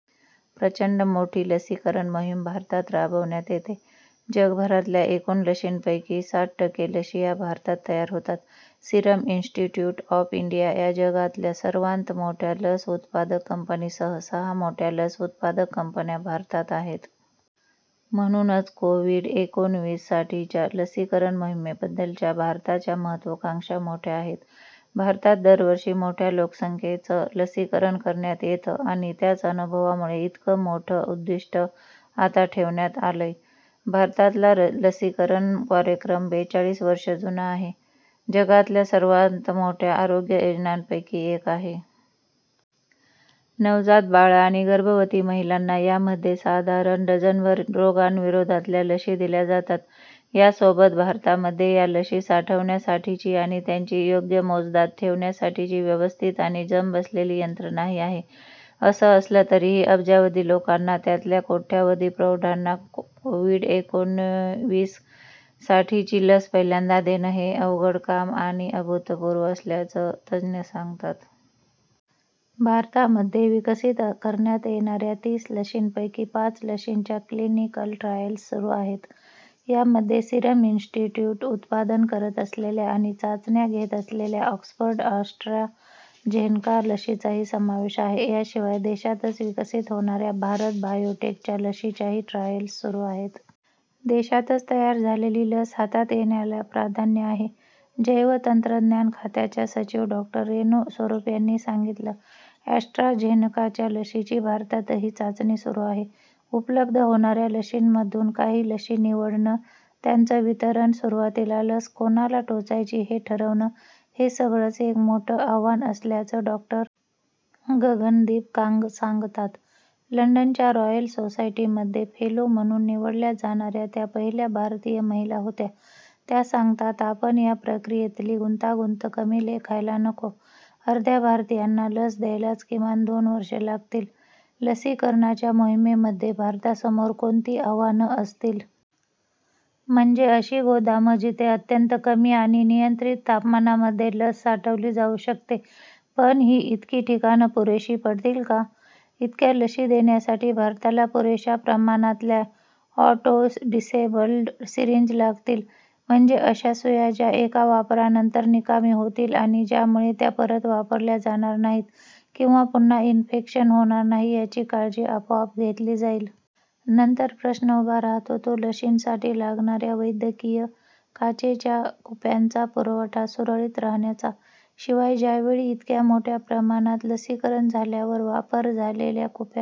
प्रचंड मोठी लसीकरण मोहीम भारतात राबवण्यात येते. जगभरातल्या एकूण लशींपैकी साठ टक्के लशी या भारतात तयार होतात. सिरम इन्स्टिट्यूट ऑफ इंडिया या जगातल्या सर्वांत मोठ्या लस उत्पादक कंपनीसह सहा मोठ्या लस उत्पादक कंपन्या भारतात आहेत. म्हणूनच कोव्हिड-एकोणविस साठीच्या लसीकरण मोहीमेबद्दलच्या भारताच्या महत्त्वाकांक्षा मोठ्या आहेत. भारतात दरवर्षी मोठ्या लोकसंख्येचं लसीकरण करण्यात येतं आणि त्याच अनुभवामुळे इतकं मोठं उद्दिष्टं आता ठेवण्यात आलंय. भारतातला लसीकरण कार्यक्रम बेचाळीस वर्षं जुना आहे. जगातल्या सर्वांत मोठ्या आरोग्य योजनांपैकी एक आहे. नवजात बाळं आणि गर्भवती महिलांना यामध्ये साधारण डझनभर रोगांविरोधातल्या लशी दिल्या जातात. यासोबत भारतामध्ये या लशी साठवण्यासाठीची आणि त्यांची योग्य मोजदाद ठेवण्यासाठीची व्यवस्थित आणि जम बसलेली यंत्रणाही आहे. असं असलं तरीही अब्जावधी लोकांना, त्यातल्या कोट्यावधी प्रौढांना कोव्हिड एकोणविस साठीची लस पहिल्यांदा देणं हे काम अवघड आणि अभूतपूर्व असल्याचं तज्ज्ञ सांगतात. भारतामध्ये विकसित करणाऱ्यात येणाऱ्या तीस लशींपैकी पाच लशींच्या क्लिनिकल ट्रायल्स सुरू आहेत. यामध्ये सिरम इन्स्टिट्यूट उत्पादन करत असलेल्या आणि चाचण्या घेत असलेल्या ऑक्सफर्ड ॲस्ट्राझेनका लशीचाही समावेश आहे. याशिवाय देशातच विकसित होणाऱ्या भारत बायोटेकच्या लशीच्याही ट्रायल्स सुरू आहेत. देशातच तयार झालेली लस हातात येण्याला प्राधान्य आहे जैवतंत्रज्ञान खात्याच्या सचिव डॉ. रेणू स्वरूप यांनी सांगितलं. अॅस्ट्राझेनकाच्या लशीची भारतातही चाचणी सुरू आहे. उपलब्ध होणाऱ्या लशींमधून काही लशी निवडणं त्यांचं वितरण सुरुवातीला लस कोणाला टोचायची हे ठरवणं हे सगळंच एक मोठं आव्हान असल्याचं डॉ. गगनदीप कांग सांगतात. लंडनच्या रॉयल सोसायटीमध्ये फेलो म्हणून निवडल्या जाणाऱ्या त्या पहिल्या भारतीय महिला होत्या. त्या सांगतात आपण या प्रक्रियेतली गुंतागुंत कमी लेखायला नको. अर्ध्या भारतीयांना लस द्यायलाच किमान दोन वर्षं लागतील. लसीकरणाच्या मोहिमेमध्ये भारतासमोर कोणती आव्हानं असतील? म्हणजे अशी गोदामं जिथे अत्यंत कमी आणि नियंत्रित तापमानामध्ये लस साठवली जाऊ शकते. पण ही इतकी ठिकाणं पुरेशी पडतील का? इतक्या लशी देण्यासाठी भारताला पुरेशा प्रमाणातल्या ऑटो डिसेबल्ड सीरिंज लागतील. म्हणजे अशा सुया ज्या एका वापरानंतर निकामी होतील आणि ज्यामुळे त्या परत वापरल्या जाणार नाहीत किंवा पुन्हा इन्फेक्शन होणार नाही याची काळजी आपोआप घेतली जाईल. नंतर प्रश्न उभा राहतो तो लशींसाठी लागणाऱ्या वैद्यकीय काचेच्या कुप्यांचा पुरवठा सुरळीत राहण्याचा. शिवाय ज्यावेळी इतक्या मोठ्या प्रमाणात लसीकरण झाल्यावर वापर झालेल्या कुप्या